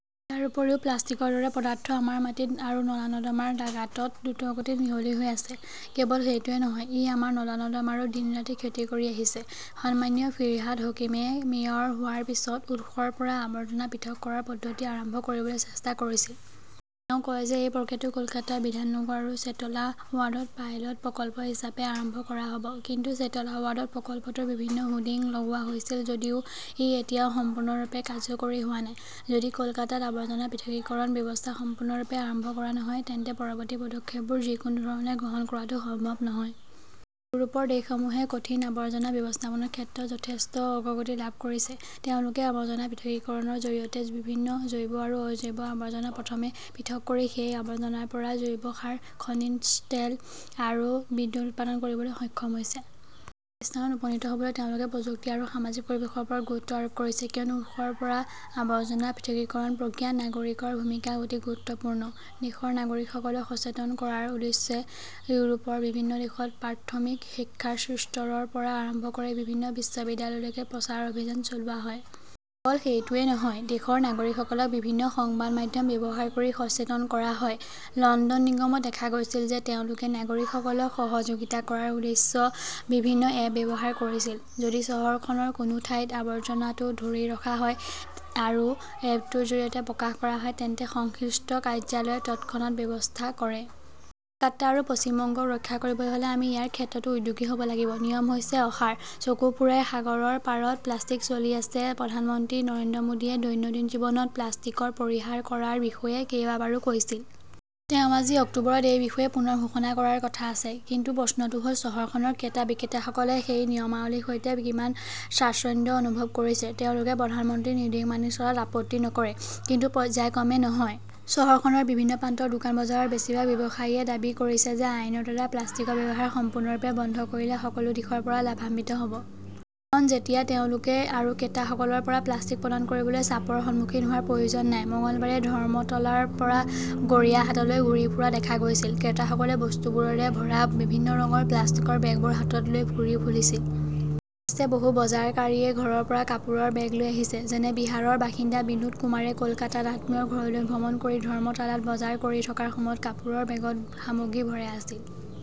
ইয়াৰ উপৰিও প্লাষ্টিকৰ দৰে পদাৰ্থ আমাৰ মাটিত আৰু নলা-নৰ্দমাৰ গাঁতত দ্ৰুতগতিত মিহলি হৈ আছে। কেৱল সেইটোৱেই নহয়, ই আমাৰ নলা-নৰ্দমাৰো দিন-ৰাতি ক্ষতি কৰি আহিছে। সন্মানীয় ফিৰহাদ হকীমে মেয়ৰ হোৱাৰ পিছত উৎসৰ পৰা আৱৰ্জনা পৃথক কৰাৰ পদ্ধতি আৰম্ভ কৰিবলৈ চেষ্টা কৰিছিল। তেওঁ কয় যে এই প্ৰক্ৰিয়াটো কলকাতাৰ বিধাননগৰ আৰু চেটলা ৱাৰ্ডত পাইলট প্ৰকল্প হিচাপে আৰম্ভ কৰা হ 'ব, কিন্তু চেটলা ৱাৰ্ডত প্ৰকল্পটোৰ বিভিন্ন হোডিং লগোৱা হৈছিল যদিও ই এতিয়াও সম্পূৰ্ণৰূপে কাৰ্যকৰী হোৱা নাই। যদি কলকাতাত আৱৰ্জনা পৃথকীকৰণ ব্যৱস্থা সম্পূৰ্ণৰূপে আৰম্ভ কৰা নহয়, তেন্তে পৰৱৰ্তী পদক্ষেপবোৰ যিকোনো ধৰণে গ্ৰহণ কৰাটো সম্ভৱ নহয়। ইউৰোপৰ দেশসমূহে কঠিন আৱৰ্জনা ব্যৱস্থাপনাৰ ক্ষেত্ৰত যথেষ্ট অগ্ৰগতি লাভ কৰিছে। তেওঁলোকে আৱৰ্জনা পৃথকীকৰণৰ জৰিয়তে বিভিন্ন জৈৱ আৰু অজৈব আৱৰ্জনা প্ৰথমে পৃথক কৰি সেই আৱৰ্জনাৰ পৰা জৈৱ সাৰ, খনিজ তেল আৰু বিদ্যুৎ উৎপাদন কৰিবলৈ সক্ষম হৈছে। এই স্থানত উপনীত হ 'বলৈ তেওঁলোকে প্ৰযুক্তি আৰু সামাজিক পৰিৱেশৰ ওপৰত গুৰুত্ব আৰোপ কৰিছে, কিয়নো উৎসৰ পৰা আৱৰ্জনা পৃথকীকৰণ প্ৰক্ৰিয়াত নাগৰিকৰ ভূমিকা অতি গুৰুত্বপূৰ্ণ। দেশৰ নাগৰিকসকলক সচেতন কৰাৰ উদ্দেশ্যে ইউৰোপৰ বিভিন্ন দেশত প্ৰাথমিক শিক্ষাৰ স্তৰৰ পৰা আৰম্ভ কৰি বিভিন্ন বিশ্ববিদ্যালয়লৈকে প্ৰচাৰ অভিযান চলোৱা হয়। কেৱল সেইটোৱেই নহয়, দেশৰ নাগৰিকসকলক বিভিন্ন সংবাদ মাধ্যম ব্যৱহাৰ কৰি সচেতন কৰা হয়। লণ্ডন নিগমত দেখা গৈছিল যে তেওঁলোকে নাগৰিকসকলক সহযোগিতা কৰাৰ উদ্দেশ্যে বিভিন্ন 'এপ "ব্যৱহাৰ কৰিছিল। যদি চহৰখনৰ কোনো ঠাইত আৱৰ্জনাটো ধৰি ৰখা হয় আৰু এপটোৰ জৰিয়তে প্ৰকাশ কৰা হয় তেন্তে সংশ্লিষ্ট কাৰ্যালয়ে তৎক্ষণাত ব্যৱস্থা কৰে। কলকাতা আৰু পশ্চিম বংগক ৰক্ষা কৰিবলৈ হ'লে আমি ইয়াৰ ক্ষেত্ৰতো উদ্যোগী হ' ব লাগিব। নিয়ম হৈছে অসাৰ, চকু ফুৰাই সাগৰৰ পাৰত প্লাস্তিক চলি আছে প্ৰধানমন্ত্ৰী নৰেন্দ্ৰ মোদীয়ে দৈনন্দিন জীৱনত প্লাষ্টিকৰ পৰিহাৰ কৰাৰ বিষয়ে কেইবাবাৰো কৈছিল। তেওঁ আজি, অক্টোবৰত এই বিষয়ে পুনৰ ঘোষণা কৰাৰ কথা আছে। কিন্তু প্ৰশ্নটো হ'ল, চহৰখনৰ ক্ৰেতা-বিক্ৰেতাসকলে সেই নিয়মাৱলীৰ সৈতে কিমান স্বাচ্ছন্দ্য অনুভৱ কৰিছে? তেওঁলোকে প্ৰধানমন্ত্ৰীৰ নিৰ্দেশ মানি চলাত আপত্তি নকৰে। কিন্তু পৰ্য্যায়ক্ৰমে নহয়। চহৰখনৰ বিভিন্ন প্ৰান্তৰ দোকান-বজাৰৰ বেছিভাগ ব্যৱসায়ীয়ে দাবী কৰিছে যে আইনৰ দ্বাৰা প্লাষ্টিকৰ ব্যৱহাৰ সম্পূৰ্ণৰূপে বন্ধ কৰিলে সকলো দিশৰ পৰা লাভান্বিত হ 'ব। কাৰণ তেতিয়া তেওঁলোকে আৰু ক্ৰেতাসকলৰ পৰা প্লাষ্টিক প্ৰদান কৰিবলৈ 'চাপ' ৰ সন্মুখীন হোৱাৰ প্ৰয়োজন নাই। মঙলবাৰে ধৰ্মতলাৰ পৰা গড়িয়াহাটলৈ ঘূৰি ফুৰা দেখা গৈছিল, ক্ৰেতাসকলে বস্তুবোৰেৰে ভৰা বিভিন্ন ৰঙৰ প্লাষ্টিকৰ বেগবোৰ হাতত লৈ ঘূৰি ফুৰিছিল। অৱশ্যে, বহু বজাৰকাৰীয়ে ঘৰৰ পৰা কাপোৰৰ বেগ লৈ আহিছে। যেনে বিহাৰৰ বাসিন্দা বিনোদ কুমাৰে কলকাতাত আত্মীয়ৰ ঘৰলৈ ভ্ৰমণ কৰি ধৰ্মতালাত বজাৰ কৰি থকাৰ সময়ত কাপোৰৰ বেগত সামগ্ৰী ভৰাই আছিল।